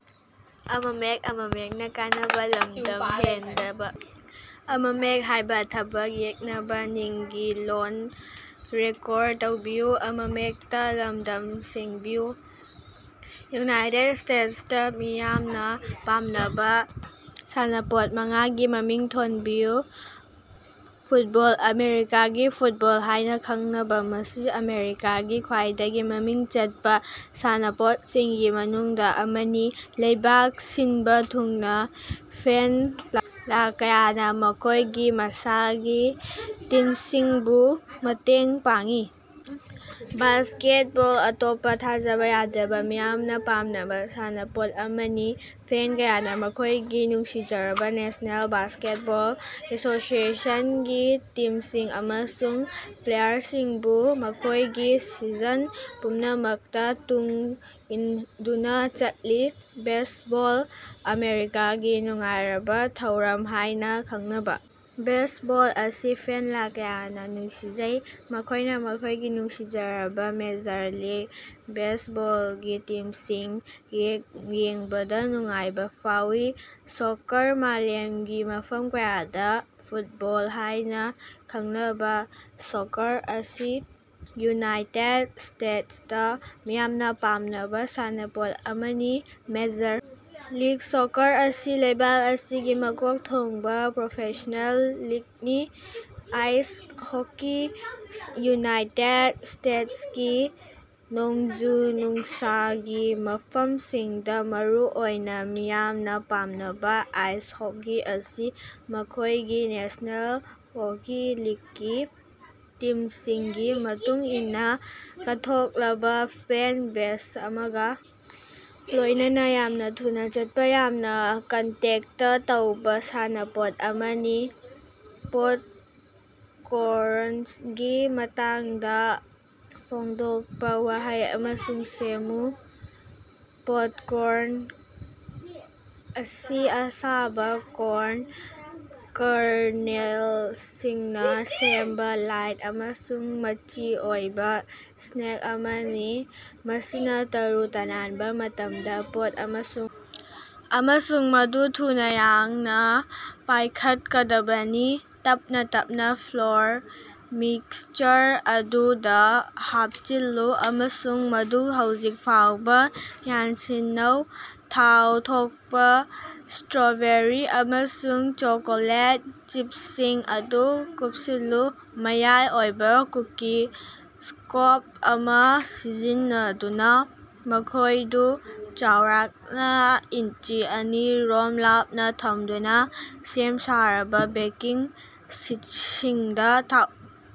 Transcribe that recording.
United ꯁ꯭ꯇꯦꯇꯁꯇꯥ ꯃꯤꯌꯥꯝꯅ ꯄꯥꯝꯅꯕ ꯁꯥꯟꯅꯄꯣꯠ ꯃꯉꯥꯒꯤ ꯃꯃꯤꯡ ꯊꯣꯟꯕꯤꯌꯨ꯫ ꯐꯨꯠꯕꯣꯜ - ꯑꯃꯦꯔꯤꯀꯥꯒꯤ ꯐꯨꯠꯕꯣꯜ ꯍꯥꯏꯅ ꯈꯪꯅꯕ, ꯃꯁꯤ ꯑꯃꯦꯔꯤꯀꯥꯒꯤ ꯈ꯭ꯋꯥꯏꯗꯒꯤ ꯃꯃꯤꯡ ꯆꯠꯄꯥ ꯁꯥꯟꯅꯄꯣꯠꯁꯤꯡꯒꯤ ꯃꯅꯨꯡꯗ ꯑꯃꯅꯤ, ꯂꯩꯕꯥꯛ ꯁꯤꯟꯕ ꯊꯨꯡꯅ ꯐꯦꯟ ꯂꯥꯈ ꯀꯌꯥꯅ ꯃꯈꯣꯏꯒꯤ ꯃꯁꯥꯒꯤ ꯇꯤꯝꯁꯤꯡꯕꯨ ꯃꯇꯦꯡ ꯄꯥꯡꯂꯤ꯫ ꯕꯥꯁꯀꯦꯠꯕꯣꯜ - ꯑꯇꯣꯞꯄ ꯊꯥꯖꯕ ꯌꯥꯗꯕ ꯃꯤꯌꯥꯝꯅ ꯄꯥꯝꯅꯕꯥ ꯁꯥꯟꯅꯄꯣꯠ ꯑꯃꯅꯤ, ꯐꯦꯟ ꯀꯌꯥꯅ ꯃꯈꯣꯏꯒꯤ ꯅꯨꯡꯁꯤꯖꯔꯕꯥ ꯅꯦꯁꯅꯦꯜ ꯕꯥꯁꯀꯦꯠꯕꯣꯜ ꯑꯦꯁꯣꯁꯤꯌꯦꯁꯟ ꯒꯤ ꯇꯤꯝꯁꯤꯡ ꯑꯃꯁꯨꯡ ꯄ꯭ꯂꯦꯌꯥꯔꯁꯤꯡꯕꯨ ꯃꯈꯣꯏꯒꯤ ꯁꯤꯖꯟ ꯄꯨꯝꯅꯃꯛꯇ ꯇꯨꯡ ꯏꯟꯗꯨꯅ ꯆꯠꯂꯤ꯫ ꯕꯦꯖꯕꯣꯜ - ꯑꯃꯦꯔꯤꯀꯥꯒꯤ ꯅꯨꯡꯉꯥꯏꯔꯕ ꯊꯧꯔꯝ ꯍꯥꯏꯅ ꯈꯪꯅꯕ ꯕꯦꯖꯕꯣꯜ ꯑꯁꯤ ꯐꯦꯟ ꯂꯥꯛ ꯀꯌꯥꯅ ꯅꯨꯡꯁꯤꯖꯩ, ꯃꯈꯣꯏꯅ ꯃꯈꯣꯏꯒꯤ ꯅꯨꯡꯁꯤꯖꯔꯕꯥ ꯃꯦꯖꯔ ꯂꯤꯒ ꯕꯦꯖꯕꯣꯜꯒꯤ ꯇꯤꯝꯁꯤꯡ ꯌꯦꯡꯕꯗꯥ ꯅꯨꯡꯉꯥꯏꯕ ꯐꯥꯎꯏ꯫ ꯁꯣꯀꯔ - ꯃꯥꯂꯦꯝꯒꯤ ꯃꯐꯝ ꯀꯌꯥꯗ ꯐꯨꯠꯕꯣꯜ ꯍꯥꯏꯅ ꯈꯪꯅꯕꯥ ꯁꯣꯀꯔ ꯑꯁꯤ ꯌꯨꯅꯥꯏꯇꯦꯗ ꯁ꯭ꯇꯦꯇꯁꯇꯥ ꯃꯤꯌꯥꯝꯅ ꯄꯥꯝꯅꯕꯥ ꯁꯥꯟꯅꯄꯣꯠ ꯑꯃꯅꯤ, ꯃꯦꯖꯔ ꯂꯤꯛ ꯁꯣꯀꯔ ꯑꯁꯤ ꯂꯩꯕꯥꯛ ꯑꯁꯤꯒꯤ ꯃꯀꯣꯛ ꯊꯣꯡꯕꯥ ꯄ꯭ꯔꯣꯐꯦꯁ꯭ꯅꯦꯜ ꯂꯤꯒꯅꯤ꯫ ꯑꯥꯏꯁ ꯍꯣꯀꯤ - ꯌꯨꯅꯥꯏꯇꯦꯗ ꯁ꯭ꯇꯦꯇꯁꯀꯤ ꯅꯣꯡꯖꯨ-ꯅꯨꯡꯁꯥꯒꯤ ꯃꯐꯝꯁꯤꯡꯗ ꯃꯔꯨꯑꯣꯏꯅ ꯃꯤꯌꯥꯝꯅ ꯄꯥꯝꯅꯕꯥ ꯑꯥꯏꯁ ꯍꯣꯀꯤ ꯑꯁꯤ ꯃꯈꯣꯏꯒꯤ ꯅꯦꯁ꯭ꯅꯦꯜ ꯍꯣꯀꯤ ꯂꯤꯒꯀꯤ ꯇꯤꯝꯁꯤꯡꯒꯤ ꯃꯇꯨꯡ ꯏꯟꯅ ꯀꯠꯊꯣꯛꯂꯕ ꯐꯦꯟ ꯕꯦꯖ ꯑꯃꯒ ꯂꯣꯏꯅꯅ ꯌꯥꯝꯅ ꯊꯨꯅꯥ ꯆꯠꯄ, ꯌꯥꯝꯅ ꯀꯟꯇꯦꯛꯇ ꯇꯧꯕ ꯁꯥꯟꯅꯄꯣꯠ ꯑꯃꯅꯤ꯫ ꯄꯣꯞꯀꯣꯔ꯭ꯟꯒꯤ ꯃꯇꯥꯡꯗ ꯐꯣꯡꯗꯣꯛꯄ ꯋꯥꯍꯩ ꯑꯃ ꯁꯦꯝꯃꯨ꯫ ꯄꯣꯞꯀꯣꯔ꯭ꯟ ꯑꯁꯤ ꯑꯁꯥꯕ ꯀꯣꯔ꯭ꯟ ꯀꯔꯅꯦꯜꯁꯤꯡꯅ ꯁꯦꯝꯕ ꯂꯥꯏꯠ ꯑꯃꯁꯨꯡ ꯃꯆꯤ ꯑꯣꯏꯕ ꯁ꯭ꯅꯦꯛ ꯑꯃꯅꯤ, ꯃꯁꯤꯅ ꯇꯔꯨ ꯇꯅꯥꯟꯕ ꯃꯇꯝꯗ ꯄꯣꯞ ꯑꯃꯁꯨꯡ ꯑꯃꯁꯨꯡ ꯃꯗꯨ ꯌꯥꯝꯅ ꯊꯨꯅ ꯌꯥꯡꯅ ꯄꯥꯏꯈꯠꯀꯗꯕꯅꯤ꯫ ꯇꯞꯅꯥ ꯇꯞꯅꯥ ꯐ꯭ꯂꯣꯔ ꯃꯤꯛꯁꯆꯔ ꯑꯗꯨꯗ ꯍꯥꯞꯆꯤꯜꯂꯨ ꯑꯃꯁꯨꯡ ꯃꯗꯨ ꯍꯧꯖꯤꯛ ꯐꯥꯎꯕ ꯌꯥꯟꯁꯤꯟꯅꯧ꯫ ꯊꯥꯎ ꯊꯣꯛꯄꯥ ꯁ꯭ꯇꯔꯣꯕꯦꯔꯤ ꯑꯃꯁꯨꯡ ꯆꯣꯀꯣꯂꯦꯠ ꯆꯤꯞꯁꯤꯡ ꯑꯗꯨ ꯀꯨꯞꯁꯤꯜꯂꯨ꯫ ꯃꯌꯥꯏ ꯑꯣꯏꯕ ꯀꯨꯀꯤ ꯁ꯭ꯀꯣꯞ ꯑꯃ ꯁꯤꯖꯤꯟꯅꯗꯨꯅ, ꯃꯈꯣꯏꯗꯨ ꯆꯥꯎꯔꯥꯛꯅ ꯏꯟꯆꯤ ꯑꯅꯤ ꯔꯣꯝ ꯂꯥꯞꯅ ꯊꯝꯗꯨꯅ ꯁꯦꯝ-ꯁꯥꯔꯕꯥ ꯕꯦꯀꯤꯡ ꯁꯤꯠꯁꯤꯡꯗ ꯊꯥꯎ꯫